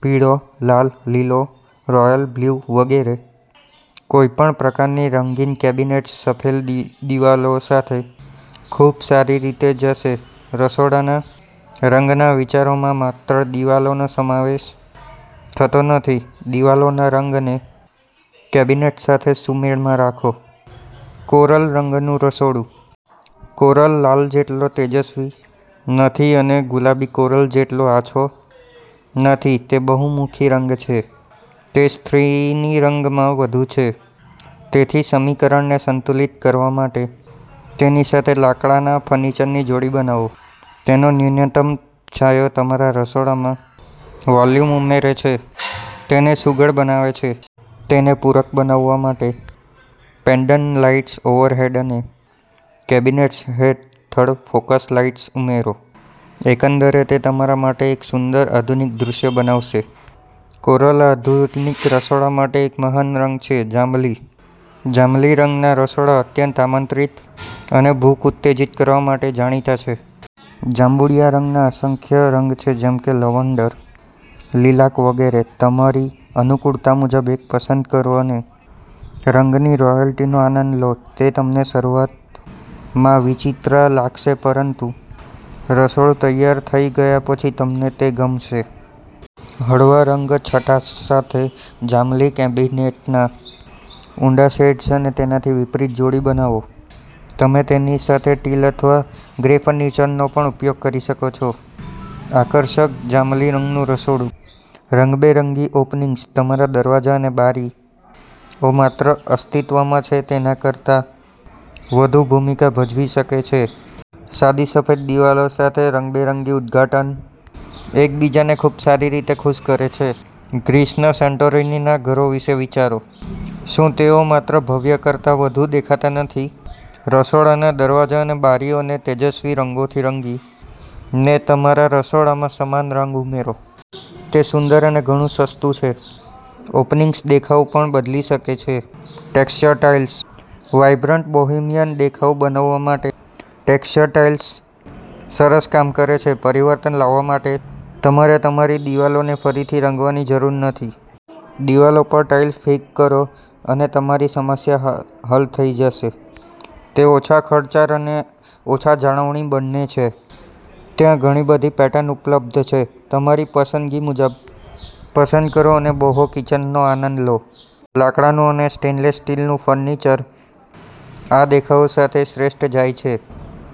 પીળો, લાલ, લીલો, royal blue વગેરે, કોઈપણ પ્રકારની રંગીન કેબિનેટ્સ સફેદ દિવાલો સાથે ખૂબ સારી રીતે જશે. રસોડાના રંગના વિચારોમાં માત્ર દિવાલોનો સમાવેશ થતો નથી. દિવાલોના રંગને કેબિનેટ સાથે સુમેળમાં રાખો. કોરલ રંગનું રસોડું. કોરલ લાલ જેટલો તેજસ્વી નથી અને ગુલાબી કોરલ જેટલો આછો નથી. તે બહુમુખી રંગ છે. તે સ્ત્રીની રંગમાં વધુ છે તેથી સમીકરણને સંતુલિત કરવા માટે તેની સાથે લાકડાના ફર્નિચરની જોડી બનાવો. તેનો ન્યૂનતમ છાંયો તમારા રસોડામાં વોલ્યુમ ઉમેરે છે, તેને સુઘડ બનાવે છે. તેને પૂરક બનાવવા માટે પેન્ડન્ટ લાઇટ્સ ઓવરહેડ અને કેબિનેટ્સ હેઠળ ફોકસ લાઇટ્સ ઉમેરો. એકંદરે તે તમારા માટે એક સુંદર આધુનિક દૃશ્ય બનાવશે. કોરલ આધુનિક રસોડા માટે એક મહાન રંગ છે. જાંબલી. જાંબલી રંગના રસોડા અત્યંત આમંત્રિત અને ભૂખ ઉત્તેજિત કરવા માટે જાણીતા છે. જાંબુડિયા રંગના અસંખ્ય રંગ છે, જેમ કે લવંડર, લીલાક વગેરે. તમારી અનુકૂળતા મુજબ એક પસંદ કરો અને રંગની રોયલ્ટીનો આનંદ લો. તે તમને શરૂઆતમાં વિચિત્ર લાગશે, પરંતુ રસોડું તૈયાર થઈ ગયા પછી, તમને તે ગમશે. હળવા રંગછટા સાથે જાંબલી કેબિનેટના ઊંડા શેડ્સ અને તેનાથી વિપરીત જોડી બનાવો. તમે તેની સાથે ટીલ અથવા ગ્રે ફર્નિચરનો પણ ઉપયોગ કરી શકો છો. આકર્ષક જાંબલી રંગનું રસોડું. રંગબેરંગી ઓપનિંગ્સ. તમારા દરવાજા અને બારીઓ માત્ર અસ્તિત્વમાં છે તેના કરતાં વધુ ભૂમિકા ભજવી શકે છે. સાદી સફેદ દિવાલો સાથે રંગબેરંગી ઉદઘાટન એકબીજાને ખૂબ સારી રીતે ખુશ કરે છે. ગ્રીસના સેન્ટોરિનીના ઘરો વિશે વિચારો. શું તેઓ માત્ર ભવ્ય કરતાં વધુ દેખાતા નથી? રસોડાના દરવાજા અને બારીઓને તેજસ્વી રંગોથી રંગીને તમારા રસોડામાં સમાન રંગ ઉમેરો. તે સુંદર અને ઘણું સસ્તું છે. ઓપનિંગ્સ દેખાવ પણ બદલી શકે છે. Texture tiles. વાઇબ્રન્ટ બોહેમિયન દેખાવ બનાવવા માટે ટેક્ષ્ચર ટાઇલ્સ સરસ કામ કરે છે. પરિવર્તન લાવવા માટે તમારે તમારી દિવાલોને ફરીથી રંગવાની જરૂર નથી. દિવાલો પર ટાઇલ્સ ઠીક કરો, અને તમારી સમસ્યા હલ થઈ જશે. તે ઓછા ખર્ચાળ અને ઓછા જાળવણી બંને છે. ત્યાં ઘણી બધી પેટર્ન ઉપલબ્ધ છે. તમારી પસંદગી મુજબ પસંદ કરો અને બોહો કિચનનો આનંદ લો. લાકડાનું અને સ્ટેનલેસ સ્ટીલનું ફર્નિચર આ દેખાવ સાથે શ્રેષ્ઠ જાય છે.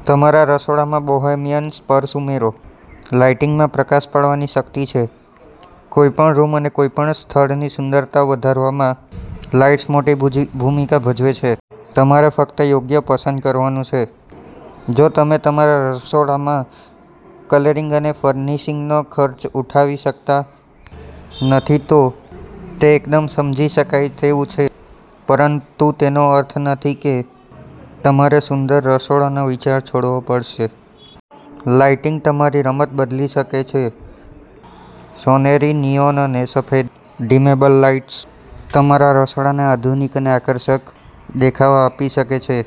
તમારા રસોડામાં બોહેમિયન સ્પર્શ ઉમેરો. લાઇટિંગમાં પ્રકાશ પાડવાની શક્તિ છે. કોઈપણ રૂમ અને કોઈપણ સ્થળની સુંદરતા વધારવામાં લાઇટ્સ મોટી ભૂમિકા ભજવે છે. તમારે ફક્ત યોગ્ય પસંદ કરવાનું છે. જો તમે તમારા રસોડામાં કલરિંગ અને ફર્નિશિંગનો ખર્ચ ઉઠાવી શકતા નથી, તો તે એકદમ સમજી શકાય તેવું છે. પરંતુ તેનો અર્થ નથી કે તમારે સુંદર રસોડાનો વિચાર છોડવો પડશે. લાઇટિંગ તમારી રમત બદલી શકે છે. સોનેરી, નિયોન અને સફેદ ડિમેબલ લાઇટ્સ તમારા રસોડાને આધુનિક અને આકર્ષક દેખાવ આપી શકે છે.